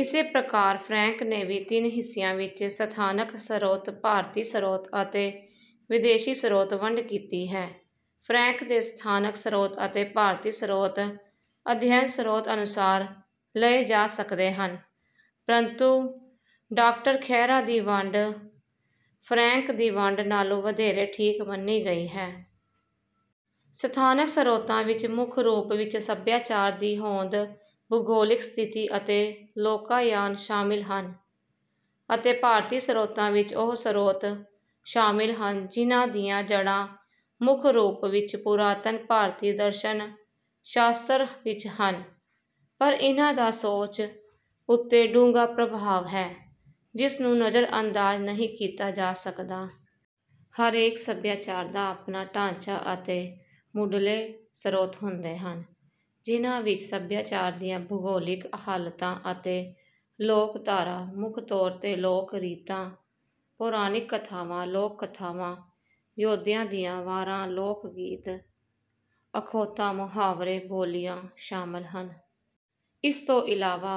ਇਸੇ ਪ੍ਰਕਾਰ ਫਰੈਂਕ ਨੇ ਵੀ ਤਿੰਨ ਹਿੱਸਿਆਂ ਵਿੱਚ ਸਥਾਨਕ ਸਰੋਤ ਭਾਰਤੀ ਸਰੋਤ ਅਤੇ ਵਿਦੇਸ਼ੀ ਸਰੋਤ ਵੰਡ ਕੀਤੀ ਹੈ। ਫਰੈਂਕ ਦੇ ਸਥਾਨਕ ਸਰੋਤ ਅਤੇ ਭਾਰਤੀ ਸਰੋਤ ਅਧਿਐਨ ਸਰੋਤ ਅਨੁਸਾਰ ਲਏ ਜਾ ਸਕਦੇ ਹਨ ਪਰੰਤੂ ਡਾ ਖਹਿਰਾ ਦੀ ਵੰਡ ਫਰੈਂਕ ਦੀ ਵੰਡ ਨਾਲੋਂ ਵਧੇਰੇ ਠੀਕ ਮੰਨੀ ਗਈ ਹੈ। ਸਥਾਨਕ ਸਰੋਤਾਂ ਵਿਚ ਮੁੱਖ ਰੂਪ ਵਿਚ ਸੱਭਿਆਚਾਰ ਦੀ ਹੋਂਦ ਭੂਗੋਲਿਕ ਸਥਿਤੀ ਅਤੇ ਲੋਕਾਯਾਨ ਸ਼ਾਮਿਲ ਹਨ ਅਤੇ ਭਾਰਤੀ ਸਰੋਤਾਂ ਵਿਚ ਉਹ ਸਰੋਤ ਸ਼ਾਮਿਲ ਹਨ ਜਿਨ੍ਹਾਂ ਦੀਆਂ ਜੜ੍ਹਾਂ ਮੁੱਖ ਰੂਪ ਵਿਚ ਪੁਰਾਤਨ ਭਾਰਤੀ ਦਰਸ਼ਨ ਸ਼ਾਸਤਰ ਵਿਚ ਹਨ ਪਰ ਇਨ੍ਹਾਂ ਦਾ ਸੋਚ ਉਤੇ ਡੂੰਘਾ ਪ੍ਰਭਾਵ ਹੈ ਜਿਸ ਨੂੰ ਨਜ਼ਰਅੰਦਾਜ਼ ਨਹੀਂ ਕੀਤਾ ਜਾ ਸਕਦਾ। ਹਰੇਕ ਸੱਭਿਆਚਾਰ ਦਾ ਆਪਣਾ ਢਾਂਚਾ ਅਤੇ ਮੁੱਢਲੇ ਸਰੋਤ ਹੁੰਦੇ ਹਨ ਜਿਨ੍ਹਾਂ ਵਿੱਚ ਸੱਭਿਆਚਾਰ ਦੀਆਂ ਭੂਗੋਲਿਕ ਹਾਲਤਾਂ ਅਤੇ ਲੋਕਧਾਰਾ ਮੁੱਖ ਤੌਰ ਤੇ ਲੋਕ ਰੀਤਾਂ ਪੌਰਾਣਿਕ ਕਥਾਵਾਂ ਲੋਕ ਕਥਾਵਾਂ ਯੋਧਿਆਂ ਦੀਆਂ ਵਾਰਾਂ ਲੋਕ ਗੀਤ ਅਖੌਤਾਂ ਮੁਹਾਵਰੇ ਬੋਲੀਆਂ ਸ਼ਾਮਿਲ ਹਨ। ਇਸ ਤੋਂ ਇਲਾਵਾ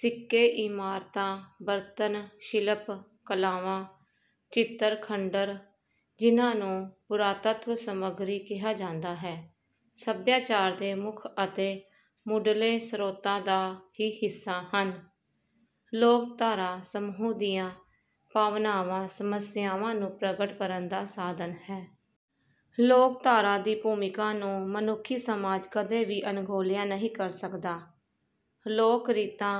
ਸਿੱਕੇ ਇਮਾਰਤਾਂ ਬਰਤਨ ਸ਼ਿਲਪ ਕਲਾਵਾਂ ਚਿੱਤਰ ਖੰਡਰ ਜਿਨ੍ਹਾਂ ਨੂੰ ਪੁਰਾਤੱਤਵ ਸਮੱਗਰੀ ਕਿਹਾ ਜਾਂਦਾ ਹੈ ਸੱਭਿਆਚਾਰ ਦੇ ਮੁੱਖ ਅਤੇ ਮੁੱਢਲੇ ਸਰੋਤਾਂ ਦਾ ਹੀ ਹਿੱਸਾ ਹਨ। ਲੋਕਧਾਰਾ ਸਮੂਹ ਦੀਆਂ ਭਾਵਨਾਵਾਂ ਸਮੱਸਿਆਵਾਂ ਨੂੰ ਪ੍ਰਗਟ ਕਰਨ ਦਾ ਸਾਧਨ ਹੈ। ਲੋਕਧਾਰਾ ਦੀ ਭੂਮਿਕਾ ਨੂੰ ਮਨੁੱਖੀ ਸਮਾਜ ਕਦੇ ਵੀ ਅਣਗੌਲਿਆ ਨਹੀਂ ਕਰ ਸਕਦਾ। ਲੋਕ ਰੀਤਾਂ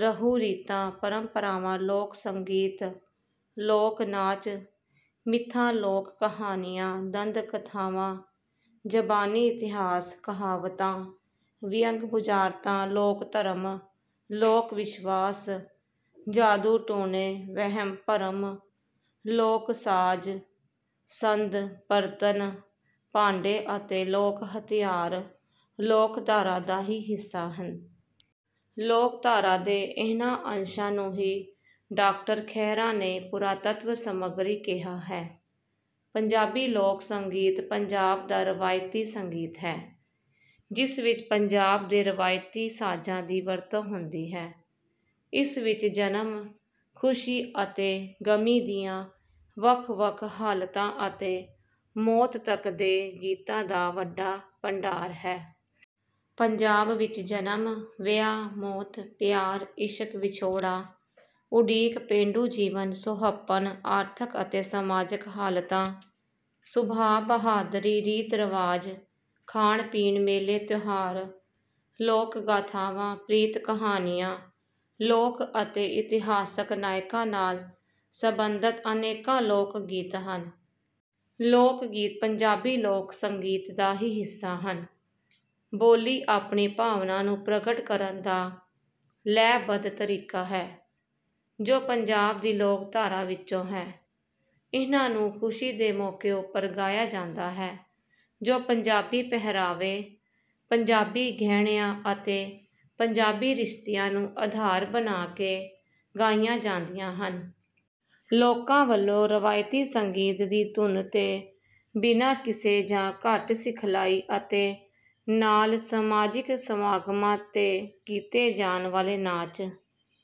ਰਹੁ ਰੀਤਾਂ ਪਰੰਪਰਾਵਾਂ ਲੋਕ ਸੰਗੀਤ ਲੋਕ ਨਾਚ ਮਿਥਾਂ ਲੋਕ ਕਹਾਣੀਆਂ ਦੰਦ ਕਥਾਵਾਂ ਜ਼ਬਾਨੀ ਇਤਿਹਾਸ ਕਹਾਵਤਾਂ ਵਿਅੰਗ ਬੁਝਾਰਤਾਂ ਲੋਕ ਧਰਮ ਲੋਕ ਵਿਸ਼ਵਾਸ ਜਾਦੂ ਟੂਣੇ ਵਹਿਮ ਭਰਮ ਲੋਕ ਸਾਜ ਸੰਦ ਬਰਤਨ ਭਾਂਡੇ ਅਤੇ ਲੋਕ ਹਥਿਆਰ ਲੋਕਧਾਰਾ ਦਾ ਹੀ ਹਿੱਸਾ ਹਨ। ਲੋਕਧਾਰਾ ਦੇ ਇਹਨਾਂ ਅੰਸ਼ਾਂ ਨੂੰ ਹੀ ਡਾ ਖਹਿਰਾ ਨੇ ਪੁਰਾਤੱਤਵ ਸਮੱਗਰੀ ਕਿਹਾ ਹੈ। ਪੰਜਾਬੀ ਲੋਕ ਸੰਗੀਤ ਪੰਜਾਬ ਦਾ ਰਵਾਇਤੀ ਸੰਗੀਤ ਹੈ ਜਿਸ ਵਿਚ ਪੰਜਾਬ ਦੇ ਰਵਾਇਤੀ ਸਾਜ਼ਾਂ ਦੀ ਵਰਤੋਂ ਹੁੰਦੀ ਹੈ। ਇਸ ਵਿਚ ਜਨਮ ਖੁਸ਼ੀ ਅਤੇ ਗਮੀ ਦੀਆਂ ਵੱਖ ਵੱਖ ਹਾਲਤਾਂ ਅਤੇ ਮੌਤ ਤੱਕ ਦੇ ਗੀਤਾਂ ਦਾ ਵੱਡਾ ਭੰਡਾਰ ਹੈ। ਪੰਜਾਬ ਵਿਚ ਜਨਮ ਵਿਆਹ ਮੌਤ ਪਿਆਰ ਇਸ਼ਕ ਵਿਛੋੜਾ ਉਡੀਕ ਪੇਂਡੂ ਜੀਵਨ ਸੁਹੱਪਣ ਆਰਥਕ ਅਤੇ ਸਮਾਜਕ ਹਾਲਤਾਂ ਸੁਭਾਅ ਬਹਾਦਰੀ ਰੀਤ ਰਿਵਾਜ ਖਾਣ ਪੀਣ ਮੇਲੇ ਤਿਉਹਾਰ ਲੋਕ ਗਾਥਾਵਾਂ ਪ੍ਰੀਤ ਕਹਾਣੀਆਂ ਲੋਕ ਅਤੇ ਇਤਿਹਾਸਕ ਨਾਇਕਾਂ ਨਾਲ ਸਬੰਧਤ ਅਨੇਕਾਂ ਲੋਕ ਗੀਤ ਹਨ। ਲੋਕ ਗੀਤ ਪੰਜਾਬੀ ਲੋਕ ਸੰਗੀਤ ਦਾ ਹੀ ਹਿੱਸਾ ਹਨ। ਬੋਲੀ ਆਪਣੀ ਭਾਵਨਾ ਨੂੰ ਪ੍ਰਗਟ ਕਰਨ ਦਾ ਲੈਅ ਬੱਧ ਤਰੀਕਾ ਹੈ ਜੋ ਪੰਜਾਬ ਦੀ ਲੋਕਧਾਰਾ ਵਿਚੋਂ ਹੈ। ਇਹਨਾਂ ਨੂੰ ਖੁਸ਼ੀ ਦੇ ਮੌਕੇ ਉੱਪਰ ਗਾਇਆ ਜਾਂਦਾ ਹੈ ਜੋ ਪੰਜਾਬੀ ਪਹਿਰਾਵੇ ਪੰਜਾਬੀ ਗਹਿਣਿਆਂ ਅਤੇ ਪੰਜਾਬੀ ਰਿਸ਼ਤਿਆਂ ਨੂੰ ਅਧਾਰ ਬਣਾ ਕੇ ਗਾਈਆਂ ਜਾਂਦੀਆਂ ਹਨ। ਲੋਕਾਂ ਵੱਲੋਂ ਰਵਾਇਤੀ ਸੰਗੀਤ ਦੀ ਧੁਨ ਤੇ ਬਿਨਾਂ ਕਿਸੇ ਜਾਂ ਘੱਟ ਸਿਖਲਾਈ ਅਤੇ ਨਾਲ ਸਮਾਜਿਕ ਸਮਾਗਮਾਂ ਤੇ ਕੀਤੇ ਜਾਣ ਵਾਲੇ ਨਾਚ